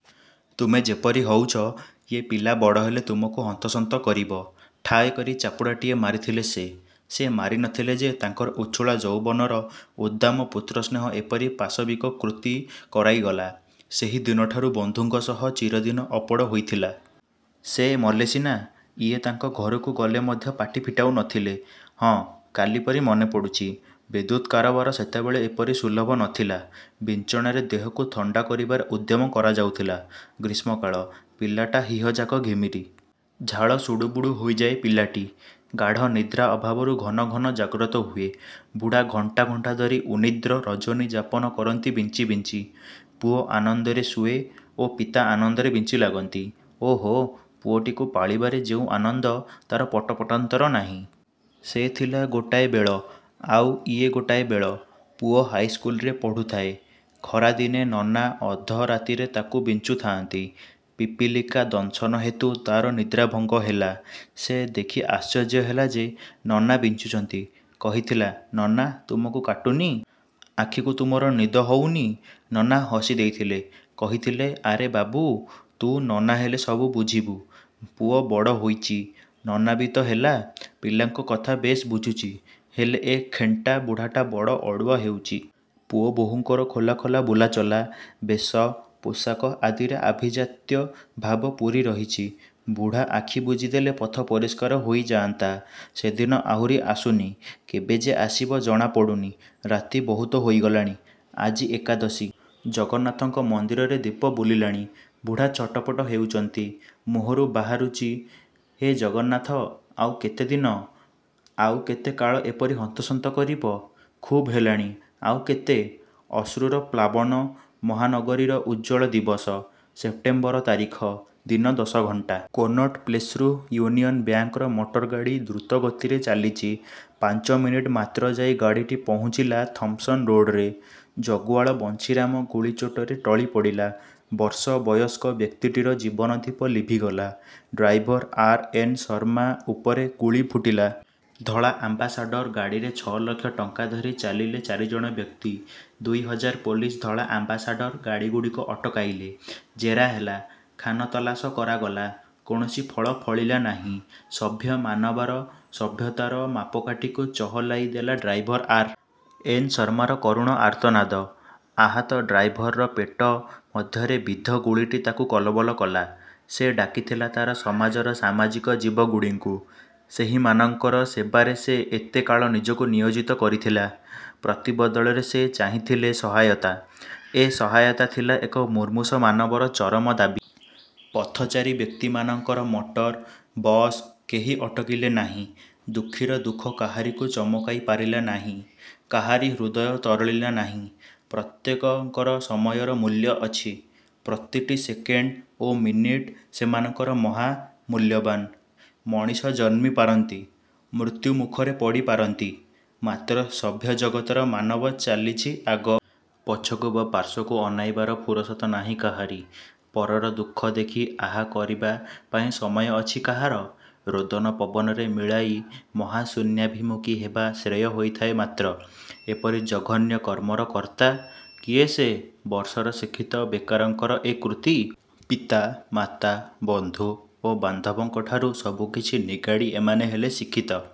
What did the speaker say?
ତୁମେ ଯେପରି ହଉଚ, ଏଇ ପିଲା ବଡ଼ ହେଲେ ତୁମକୁ ହନ୍ତସନ୍ତ କରିବ। 'ଠାଏ' କରି ଚାପୁଡ଼ାଟିଏ ମାରିଥିଲେ ସେ। ସେ ମାରି ନ ଥିଲେ ଯେ, ତାଙ୍କର ଉଛୁଳା ଯୌବନର ଉଦ୍ଦାମ ପୁତ୍ରସ୍ନେହ ଏପରି ପାଶବିକ କୃତି କରାଇଗଲା। ସେହି ଦିନଠାରୁ ବନ୍ଧୁଙ୍କ ସହ ଚିରଦିନ ଅପଡ଼ ହୋଇଥିଲା। ସେ ମଲେ ସିନା, ଇଏ ତାଙ୍କ ଘରକୁ ଗଲେ ମଧ୍ୟ ପାଟି ଫିଟାଉ ନ ଥିଲେ। ହଁ, କାଲିପରି ମନେ ପଡ଼ୁଚି। ବିଦ୍ୟୁତ କାରବାର ସେତେବେଳେ ଏପରି ସୁଲଭ ନ ଥିଲା। ବିଞ୍ଚଣାରେ ଦେହକୁ ଥଣ୍ତା କରିବାର ଉଦ୍ୟମ କରାଯାଉଥିଲା। ଗ୍ରୀଷ୍ମକାଳ, ପିଲାଟା ହିହଯାକ ଘିମିରି। ଝାଳ ସୁଡ଼ୁବୁଡ଼ୁ ହୋଇଯାଏ ପିଲାଟି। ଗାଢ଼ ନିଦ୍ରା ଅଭାବରୁ ଘନ ଘନ ଜାଗ୍ରତ ହୁଏ। ବୁଢ଼ା ଘଣ୍ଟା ଘଣ୍ଟା ଧରି ଉନ୍ନିଦ୍ର ରଜନୀ ଯାପନ କରନ୍ତି ବିଞ୍ଚି ବିଞ୍ଚି। ପୁଅ ଆନନ୍ଦରେ ଶୁଏ ଓ ପିତା ଆନନ୍ଦରେ ବିଞ୍ଚି ଲାଗନ୍ତି। ଓଃ, ପୁଅଟିକୁ ପାଳିବାରେ ଯେଉଁ ଆନନ୍ଦ ତାର ପଟ-ପଟାନ୍ତର ନାହିଁ। ସେ ଥିଲା ଗୋଟାଏ ବେଳ, ଆଉ ଏଇ ଗୋଟାଏ ବେଳ। ପୁଅ ହାଇସ୍କୁଲରେ ପଢ଼ୁଥାଏ। ଖରାଦିନେ ନନା ଅଧ ରାତିରେ ତାକୁ ବିଞ୍ଚୁ ଥାଆନ୍ତି। ପିପିଲିକା ଦଂଶନ ହେତୁ ତାର ନିଦ୍ରା ଭଙ୍ଗ ହେଲା। ସେ ଦେଖି ଆଶ୍ଚର୍ଯ୍ୟ ହେଲା ଯେ, ନନା ବିଞ୍ଚୁଚନ୍ତି। କହିଥିଲା—ନନା ତୁମକୁ କାଟୁନି। ଆଖିକୁ ତୁମର ନିଦ ହଉନି? ନନା ହସି ଦେଇଥିଲେ। କହିଥିଲେ ଆରେ ବାବୁ, ତୁ ନନା ହେଲେ ସବୁ ବୁଝିବୁ। ପୁଅ ବଡ଼ ହୋଇଚି। ନନା ବି ତ ହେଲା; ପିଲାଙ୍କ କଥା ବେଶ୍ ବୁଝୁଚି। ହେଲେ ଏ ଖେଣ୍ଟା ବୁଢ଼ାଟା ବଡ଼ ଅଡ଼ୁଆ ହେଉଚି। ପୁଅ ବୋହୂଙ୍କର ଖୋଲା ଖୋଲା ବୁଲାଚଲା, ବେଶ, ପୋଷାକ ଆଦିରେ ଆଭିଜାତ୍ୟ ଭାବ ପୂରି ରହିଚି। ବୁଢ଼ା ଆଖି ବୁଜି ଦେଲେ ପଥ ପରିଷ୍କାର ହୋଇ ଯାଆନ୍ତା। ସେଦିନ ଆହୁରି ଆସୁନି, କେବେ ଯେ ଆସିବ ଜଣା ପଡ଼ୁନି। ରାତି ବହୁତ ହୋଇ ଗଲାଣି। ଆଜି ଏକାଦଶୀ। ଜଗନ୍ନାଥଙ୍କ ମନ୍ଦିରରରେ ଦୀପ ବୁଲିଲାଣି। ବୁଢ଼ା ଛଟପଟ ହେଉଚନ୍ତି। ମୁହଁରୁ ବାହାରୁଚି ହେ ଜଗନ୍ନାଥ, ଆଉ କେତେ ଦିନ! ଆଉ କେତେ କାଳ ଏପରି ହନ୍ତସନ୍ତ କରିବ! ଖୁବ୍ ହେଲାଣି। ଆଉ କେତେ? ଅଶ୍ରୁର ପ୍ଳାବନ ମହାନଗରୀର ଉଜ୍ଜ୍ୱଳ ଦିବସ। ସେପ୍ଟେମ୍ବର ତାରିଖ। ଦିନ ଦଶ ଘଣ୍ଟା। କୋନଟ୍ ପ୍ଳେସ୍ରୁ ଇଉନିୟନ୍ ବ୍ୟାଙ୍କର ମଟରଗାଡ଼ି ଦ୍ରୁତ ଗତିରେ ଚାଲିଚି। ପାଞ୍ଚମିନିଟ୍ ମାତ୍ର ଯାଇ ଗାଡ଼ିଟି ପହୁଞ୍ଚିଲା ଥମ୍ପସନ ରୋଡ଼ରେ। ଜଗୁଆଳ ବଂଶୀରାମ ଗୁଳି ଚୋଟରେ ଟଳି ପଡ଼ିଲା। ବର୍ଷ ବୟସ୍କ ବ୍ୟକ୍ତିଟିର ଜୀବନ ଦୀପ ଲିଭିଗଲା। Driver R. ଏନ୍. ଶର୍ମା ଉପରେ ଗୁଳି ଫୁଟିଲା। ଧଳା ଆମ୍ବାସାଡ଼ର ଗାଡ଼ିରେ ଛଅ ଲକ୍ଷ ଟଙ୍କା ଧରି ଚାଲିଲେ ଚାରିଜଣ ବ୍ୟକ୍ତି। ଦୁଇ ହଜାର ପୋଲିଶ ଧଳା ଆମ୍ବାସାଡ଼ର ଗାଡ଼ିଗୁଡ଼ିକ ଅଟକାଇଲେ। ଜେରା ହେଲା, ଖାନତଲାସ କରାଗଲା, କୌଣସି ଫଳ ଫଳିଲା ନାହିଁ। ସଭ୍ୟ ମାନବର ସଭ୍ୟତାର ମାପକାଠିକୁ ଚହଲାଇ ଦେଲା ଡ୍ରାଇଭର ଆର୍. ଏନ୍. ଶର୍ମାର କରୁଣ ଆର୍ତ୍ତନାଦ। ଆହତ ଡ୍ରାଇଭର ପେଟ ମଧ୍ୟରେ ବିଦ୍ଧ ଗୁଳିଟି ତାକୁ କଲବଲ କଲା। ସେ ଡାକିଥିଲା ତାର ସମାଜର ସାମାଜିକ ଜୀବଗୁଡ଼ିଙ୍କୁ। ସେହିମାନଙ୍କର ସେବାରେ ସେ ଏତେ କାଳ ନିଜକୁ ନିୟୋଜିତ କରିଥିଲା, ପ୍ରତି ବଦଳରେ ସେ ଚାହିଁଥିଲେ ସହାୟତା, ଏ ସହାୟତା ଥିଲା ଏକ ମୁମୂର୍ଷୁ ମାନବର ଚରମ ଦାବୀ। ପଥଚାରୀ ବ୍ୟକ୍ତିମାନଙ୍କର ମଟର, ବସ୍ କେହି ଅଟକିଲେ ନାହିଁ। ଦୁଃଖୀର ଦୁଃଖ କାହାରିକୁ ଚମକାଇ ପାରିଲା ନାହିଁ। କାହାରି ହୃଦୟ ତରଳିଲା ନାହିଁ। ପ୍ରତ୍ୟେକଙ୍କର ସମୟର ମୂଲ୍ୟ ଅଛି। ପ୍ରତିଟି ସେକେଣ୍ତ ଓ ମିନିଟ ସେମାନଙ୍କର ମହା। ମୂଲ୍ୟବାନ୍। ମଣିଷ ଜନ୍ମି ପାରନ୍ତି, ମୃତ୍ୟୁ ମୁଖରେ ପଡ଼ି ପାରନ୍ତି; ମାତ୍ର ସଭ୍ୟ ଜଗତର ମାନବ ଚାଲିଚି ଆଗକୁ ଆଗକୁ। ପଛକୁ ବା ପାର୍ଶ୍ୱକୁ ଅନାଇବାର ଫୁରସତ ନାହିଁ କାହାରି। ପରର ଦୁଃଖ ଦେଖି ଆହା କରିବା ପାଇଁ ସମୟ ଅଛି କାହାର? ରୋଦନ ପବନରେ ମିଳାଇ ମହାଶୂନ୍ୟାଭିମୁଖୀ ହେବା ଶ୍ରେୟ ହୋଇଥାଏ ମାତ୍ର। ଏପରି ଜଘନ୍ୟ କର୍ମର କର୍ତ୍ତା! କିଏ ସେ? ବର୍ଷର ଶିକ୍ଷିତ ବେକାରଙ୍କର ଏ କୃତୀ। ପିତା, ମାତା, ବନ୍ଧୁ, ବାନ୍ଧବଙ୍କଠାରୁ ସବୁ କିଛି ନିଗାଡ଼ି ଏମାନେ ହେଲେ ଶିକ୍ଷିତ।